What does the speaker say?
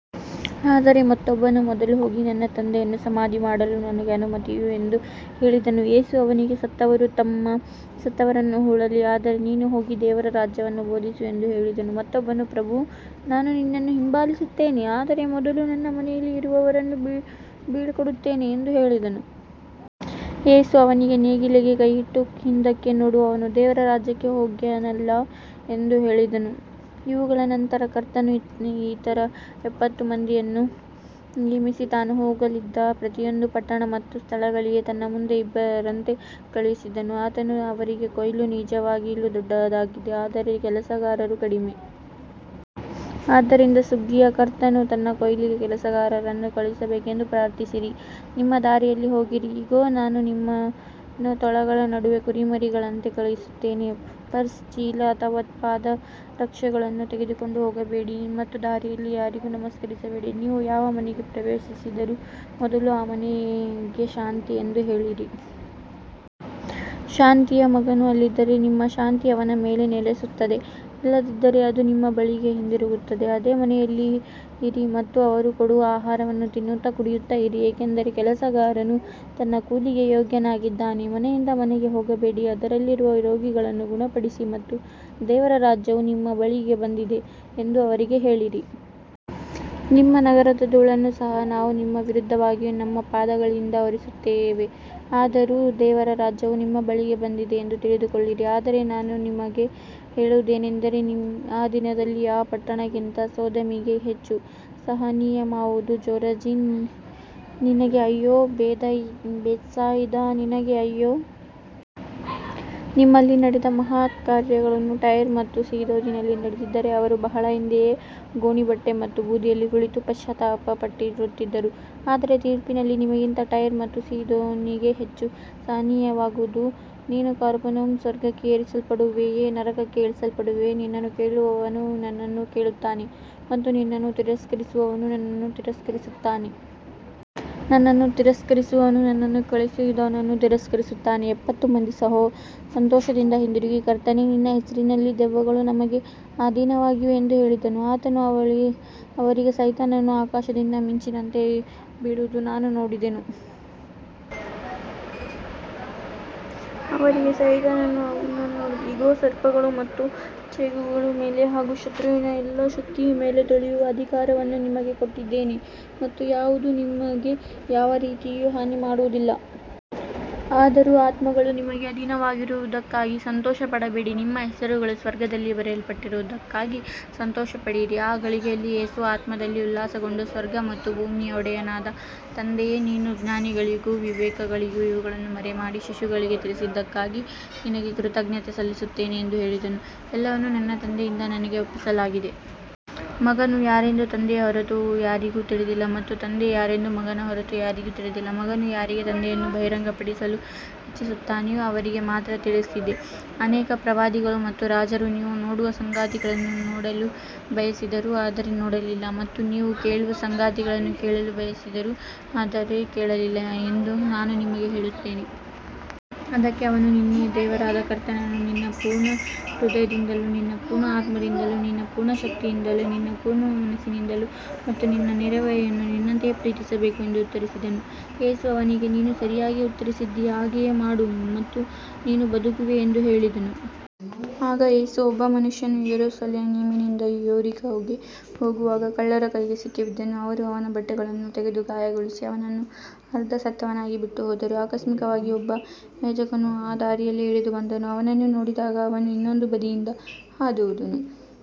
ಆದರೆ ಮತ್ತೊಬ್ಬನು ಮೊದಲು ಹೋಗಿ ನನ್ನ ತಂದೆಯನ್ನು ಸಮಾಧಿ ಮಾಡಲು ನನಗೆ ಅನುಮತಿಸು ಎಂದು ಹೇಳಿದನು. ಯೇಸು ಅವನಿಗೆ, ಸತ್ತವರು ತಮ್ಮ ಸತ್ತವರನ್ನು ಹೂಳಲಿ, ಆದರೆ ನೀನು ಹೋಗಿ ದೇವರ ರಾಜ್ಯವನ್ನು ಬೋಧಿಸು ಎಂದು ಹೇಳಿದನು. ಮತ್ತೊಬ್ಬನು, ಪ್ರಭು, ನಾನು ನಿನ್ನನ್ನು ಹಿಂಬಾಲಿಸುತ್ತೇನೆ, ಆದರೆ ಮೊದಲು ನನ್ನ ಮನೆಯಲ್ಲಿ ಇರುವವರನ್ನು ಬೀಳ್ಕೊಡುತ್ತೇನೆ ಎಂದು ಹೇಳಿದನು. ಯೇಸು ಅವನಿಗೆ, ನೇಗಿಲಿಗೆ ಕೈಯಿಟ್ಟು ಹಿಂದಕ್ಕೆ ನೋಡುವವನು ದೇವರ ರಾಜ್ಯಕ್ಕೆ ಯೋಗ್ಯನಲ್ಲ ಎಂದು ಹೇಳಿದನು. ಇವುಗಳ ನಂತರ ಕರ್ತನು ಇತರ ಎಪ್ಪತ್ತು ಮಂದಿಯನ್ನು ನೇಮಿಸಿ, ತಾನು ಹೋಗಲಿದ್ದ ಪ್ರತಿಯೊಂದು ಪಟ್ಟಣ ಮತ್ತು ಸ್ಥಳಗಳಿಗೆ ತನ್ನ ಮುಂದೆ ಇಬ್ಬರಂತೆ ಕಳುಹಿಸಿದನು. ಆತನು ಅವರಿಗೆ, ಕೊಯ್ಲು ನಿಜವಾಗಿಯೂ ದೊಡ್ಡದಾಗಿದೆ, ಆದರೆ ಕೆಲಸಗಾರರು ಕಡಿಮೆ. ಆದ್ದರಿಂದ ಸುಗ್ಗಿಯ ಕರ್ತನು ತನ್ನ ಕೊಯ್ಲಿಗೆ ಕೆಲಸಗಾರರನ್ನು ಕಳುಹಿಸಬೇಕೆಂದು ಪ್ರಾರ್ಥಿಸಿರಿ. ನಿಮ್ಮ ದಾರಿಯಲ್ಲಿ ಹೋಗಿರಿ. ಇಗೋ, ನಾನು ನಿಮ್ಮನ್ನು ತೋಳಗಳ ನಡುವೆ ಕುರಿಮರಿಗಳಂತೆ ಕಳುಹಿಸುತ್ತೇನೆ. ಪರ್ಸ್, ಚೀಲ ಅಥವಾ ಪಾದರಕ್ಷೆಗಳನ್ನು ತೆಗೆದುಕೊಂಡು ಹೋಗಬೇಡಿ ಮತ್ತು ದಾರಿಯಲ್ಲಿ ಯಾರಿಗೂ ನಮಸ್ಕರಿಸಬೇಡಿ. ನೀವು ಯಾವ ಮನೆಗೆ ಪ್ರವೇಶಿಸಿದರೂ ಮೊದಲು, ಈ ಮನೆಗೆ ಶಾಂತಿ ಎಂದು ಹೇಳಿರಿ. ಶಾಂತಿಯ ಮಗನು ಅಲ್ಲಿದ್ದರೆ ನಿಮ್ಮ ಶಾಂತಿ ಅವನ ಮೇಲೆ ನೆಲೆಸುತ್ತದೆ, ಇಲ್ಲದಿದ್ದರೆ ಅದು ನಿಮ್ಮ ಬಳಿಗೆ ಹಿಂದಿರುಗುತ್ತದೆ. ಅದೇ ಮನೆಯಲ್ಲಿ ಇರಿ ಮತ್ತು ಅವರು ಕೊಡುವ ಆಹಾರವನ್ನು ತಿನ್ನುತ್ತಾ ಕುಡಿಯುತ್ತಾ ಇರಿ, ಏಕೆಂದರೆ ಕೆಲಸಗಾರನು ತನ್ನ ಕೂಲಿಗೆ ಯೋಗ್ಯನಾಗಿದ್ದಾನೆ. ಮನೆಯಿಂದ ಮನೆಗೆ ಹೋಗಬೇಡಿ. ಅದರಲ್ಲಿರುವ ರೋಗಿಗಳನ್ನು ಗುಣಪಡಿಸಿ ಮತ್ತು ದೇವರ ರಾಜ್ಯವು ನಿಮ್ಮ ಬಳಿಗೆ ಬಂದಿದೆ ಎಂದು ಅವರಿಗೆ ಹೇಳಿರಿ. ನಿಮ್ಮ ನಗರದ ಧೂಳನ್ನು ಸಹ ನಾವು ನಿಮ್ಮ ವಿರುದ್ಧವಾಗಿ ನಮ್ಮ ಪಾದಗಳಿಂದ ಒರೆಸುತ್ತೇವೆ. ಆದರೂ ದೇವರ ರಾಜ್ಯವು ನಿಮ್ಮ ಬಳಿಗೆ ಬಂದಿದೆ ಎಂದು ತಿಳಿದುಕೊಳ್ಳಿರಿ. ಆದರೆ ನಾನು ನಿಮಗೆ ಹೇಳುವುದೇನೆಂದರೆ, ಆ ದಿನದಲ್ಲಿ ಆ ಪಟ್ಟಣಕ್ಕಿಂತ ಸೊದೋಮಿಗೆ ಹೆಚ್ಚು ಸಹನೀಯವಾಗುವುದು. ಚೋರಾಜಿನ್, ನಿನಗೆ ಅಯ್ಯೋ. ಬೇತ್ಸಾಯಿದಾ, ನಿನಗೆ ಅಯ್ಯೋ. ನಿಮ್ಮಲ್ಲಿ ನಡೆದ ಮಹತ್ಕಾರ್ಯಗಳು ಟೈರ್ ಮತ್ತು ಸೀದೋನಿನಲ್ಲಿ ನಡೆದಿದ್ದರೆ, ಅವರು ಬಹಳ ಹಿಂದೆಯೇ ಗೋಣಿಬಟ್ಟೆ ಮತ್ತು ಬೂದಿಯಲ್ಲಿ ಕುಳಿತು ಪಶ್ಚಾತ್ತಾಪಪಟ್ಟಿರುತ್ತಿದ್ದರು. ಆದರೆ ತೀರ್ಪಿನಲ್ಲಿ ನಿಮಗಿಂತ ಟೈರ್ ಮತ್ತು ಸೀದೋನಿಗೆ ಹೆಚ್ಚು ಸಹನೀಯವಾಗುವುದು. ನೀನು ಕಪೆರ್ನೌಮ್, ಸ್ವರ್ಗಕ್ಕೆ ಏರಿಸಲ್ಪಡುವೆಯೋ? ನರಕಕ್ಕೆ ಇಳಿಸಲ್ಪಡುವೆ. ನಿನ್ನನ್ನು ಕೇಳುವವನು ನನ್ನನ್ನು ಕೇಳುತ್ತಾನೆ ಮತ್ತು ನಿನ್ನನ್ನು ತಿರಸ್ಕರಿಸುವವನು ನನ್ನನ್ನು ತಿರಸ್ಕರಿಸುತ್ತಾನೆ. ನನ್ನನ್ನು ತಿರಸ್ಕರಿಸುವವನು ನನ್ನನ್ನು ಕಳುಹಿಸಿದವನನ್ನು ತಿರಸ್ಕರಿಸುತ್ತಾನೆ. ಎಪ್ಪತ್ತು ಮಂದಿ ಸಂತೋಷದಿಂದ ಹಿಂದಿರುಗಿ, ಕರ್ತನೇ, ನಿನ್ನ ಹೆಸರಿನಲ್ಲಿ ದೆವ್ವಗಳೂ ನಮಗೆ ಅಧೀನವಾಗಿವೆ ಎಂದು ಹೇಳಿದರು. ಆತನು ಅವರಿಗೆ, ಸೈತಾನನು ಆಕಾಶದಿಂದ ಮಿಂಚಿನಂತೆ ಬೀಳುವುದನ್ನು ನಾನು ನೋಡಿದೆನು. ಇಗೋ, ಸರ್ಪಗಳು ಮತ್ತು ಚೇಳುಗಳ ಮೇಲೆ ಹಾಗೂ ಶತ್ರುವಿನ ಎಲ್ಲಾ ಶಕ್ತಿಯ ಮೇಲೆ ತುಳಿಯುವ ಅಧಿಕಾರವನ್ನು ನಿಮಗೆ ಕೊಟ್ಟಿದ್ದೇನೆ ಮತ್ತು ಯಾವುದೂ ನಿಮಗೆ ಯಾವ ರೀತಿಯಲ್ಲಿಯೂ ಹಾನಿ ಮಾಡುವುದಿಲ್ಲ. ಆದರೂ ಆತ್ಮಗಳು ನಿಮಗೆ ಅಧೀನವಾಗಿರುವುದಕ್ಕಾಗಿ ಸಂತೋಷಪಡಬೇಡಿ, ನಿಮ್ಮ ಹೆಸರುಗಳು ಸ್ವರ್ಗದಲ್ಲಿ ಬರೆಯಲ್ಪಟ್ಟಿರುವುದಕ್ಕಾಗಿ ಸಂತೋಷಪಡಿರಿ. ಆ ಗಳಿಗೆಯಲ್ಲಿ ಯೇಸು ಆತ್ಮದಲ್ಲಿ ಉಲ್ಲಾಸಗೊಂಡು, ಸ್ವರ್ಗ ಮತ್ತು ಭೂಮಿಯ ಒಡೆಯನಾದ ತಂದೆಯೇ, ನೀನು ಜ್ಞಾನಿಗಳಿಗೂ ವಿವೇಕಿಗಳಿಗೂ ಇವುಗಳನ್ನು ಮರೆಮಾಡಿ ಶಿಶುಗಳಿಗೆ ತಿಳಿಸಿದ್ದಕ್ಕಾಗಿ ನಿನಗೆ ಕೃತಜ್ಞತೆ ಸಲ್ಲಿಸುತ್ತೇನೆ ಎಂದು ಹೇಳಿದನು. ಎಲ್ಲವನ್ನೂ ನನ್ನ ತಂದೆಯಿಂದ ನನಗೆ ಒಪ್ಪಿಸಲಾಗಿದೆ. ಮಗನು ಯಾರೆಂದು ತಂದೆಯ ಹೊರತು ಯಾರಿಗೂ ತಿಳಿದಿಲ್ಲ ಮತ್ತು ತಂದೆ ಯಾರೆಂದು ಮಗನ ಹೊರತು ಯಾರಿಗೂ ತಿಳಿದಿಲ್ಲ, ಮಗನು ಯಾರಿಗೆ ತಂದೆಯನ್ನು ಬಹಿರಂಗಪಡಿಸಲು ಇಚ್ಛಿಸುತ್ತಾನೋ ಅವರಿಗೆ ಮಾತ್ರ ತಿಳಿದಿದೆ. ಅನೇಕ ಪ್ರವಾದಿಗಳು ಮತ್ತು ರಾಜರು ನೀವು ನೋಡುವ ಸಂಗತಿಗಳನ್ನು ನೋಡಲು ಬಯಸಿದರು, ಆದರೆ ನೋಡಲಿಲ್ಲ ಮತ್ತು ನೀವು ಕೇಳುವ ಸಂಗತಿಗಳನ್ನು ಕೇಳಲು ಬಯಸಿದರು, ಆದರೆ ಕೇಳಲಿಲ್ಲ ಎಂದು ನಾನು ನಿಮಗೆ ಹೇಳುತ್ತೇನೆ. ಅದಕ್ಕೆ ಅವನು, ನಿನ್ನ ದೇವರಾದ ಕರ್ತನನ್ನು ನಿನ್ನ ಪೂರ್ಣ ಹೃದಯದಿಂದಲೂ, ನಿನ್ನ ಪೂರ್ಣ ಆತ್ಮದಿಂದಲೂ, ನಿನ್ನ ಪೂರ್ಣ ಶಕ್ತಿಯಿಂದಲೂ, ನಿನ್ನ ಪೂರ್ಣ ಮನಸ್ಸಿನಿಂದಲೂ ಮತ್ತು ನಿನ್ನ ನೆರೆಯವನನ್ನು ನಿನ್ನಂತೆಯೇ ಪ್ರೀತಿಸಬೇಕು ಎಂದು ಉತ್ತರಿಸಿದನು. ಯೇಸು ಅವನಿಗೆ, ನೀನು ಸರಿಯಾಗಿ ಉತ್ತರಿಸಿದ್ದೀಯ, ಹಾಗೆಯೇ ಮಾಡು ಮತ್ತು ನೀನು ಬದುಕುವೆ ಎಂದು ಹೇಳಿದನು. ಆಗ ಯೇಸು, ಒಬ್ಬ ಮನುಷ್ಯನು ಯೆರೂಸಲೇಮಿನಿಂದ ಯೆರಿಕೋಗೆ ಹೋಗುವಾಗ ಕಳ್ಳರ ಕೈಗೆ ಸಿಕ್ಕಿಬಿದ್ದನು. ಅವರು ಅವನ ಬಟ್ಟೆಗಳನ್ನು ತೆಗೆದು ಗಾಯಗೊಳಿಸಿ, ಅವನನ್ನು ಅರ್ಧ ಸತ್ತವನಾಗಿ ಬಿಟ್ಟುಹೋದರು. ಆಕಸ್ಮಿಕವಾಗಿ ಒಬ್ಬ ಯಾಜಕನು ಆ ದಾರಿಯಲ್ಲಿ ಇಳಿದುಬಂದನು. ಅವನನ್ನು ನೋಡಿದಾಗ ಅವನು ಇನ್ನೊಂದು ಬದಿಯಿಂದ ಹಾದುಹೋದನು.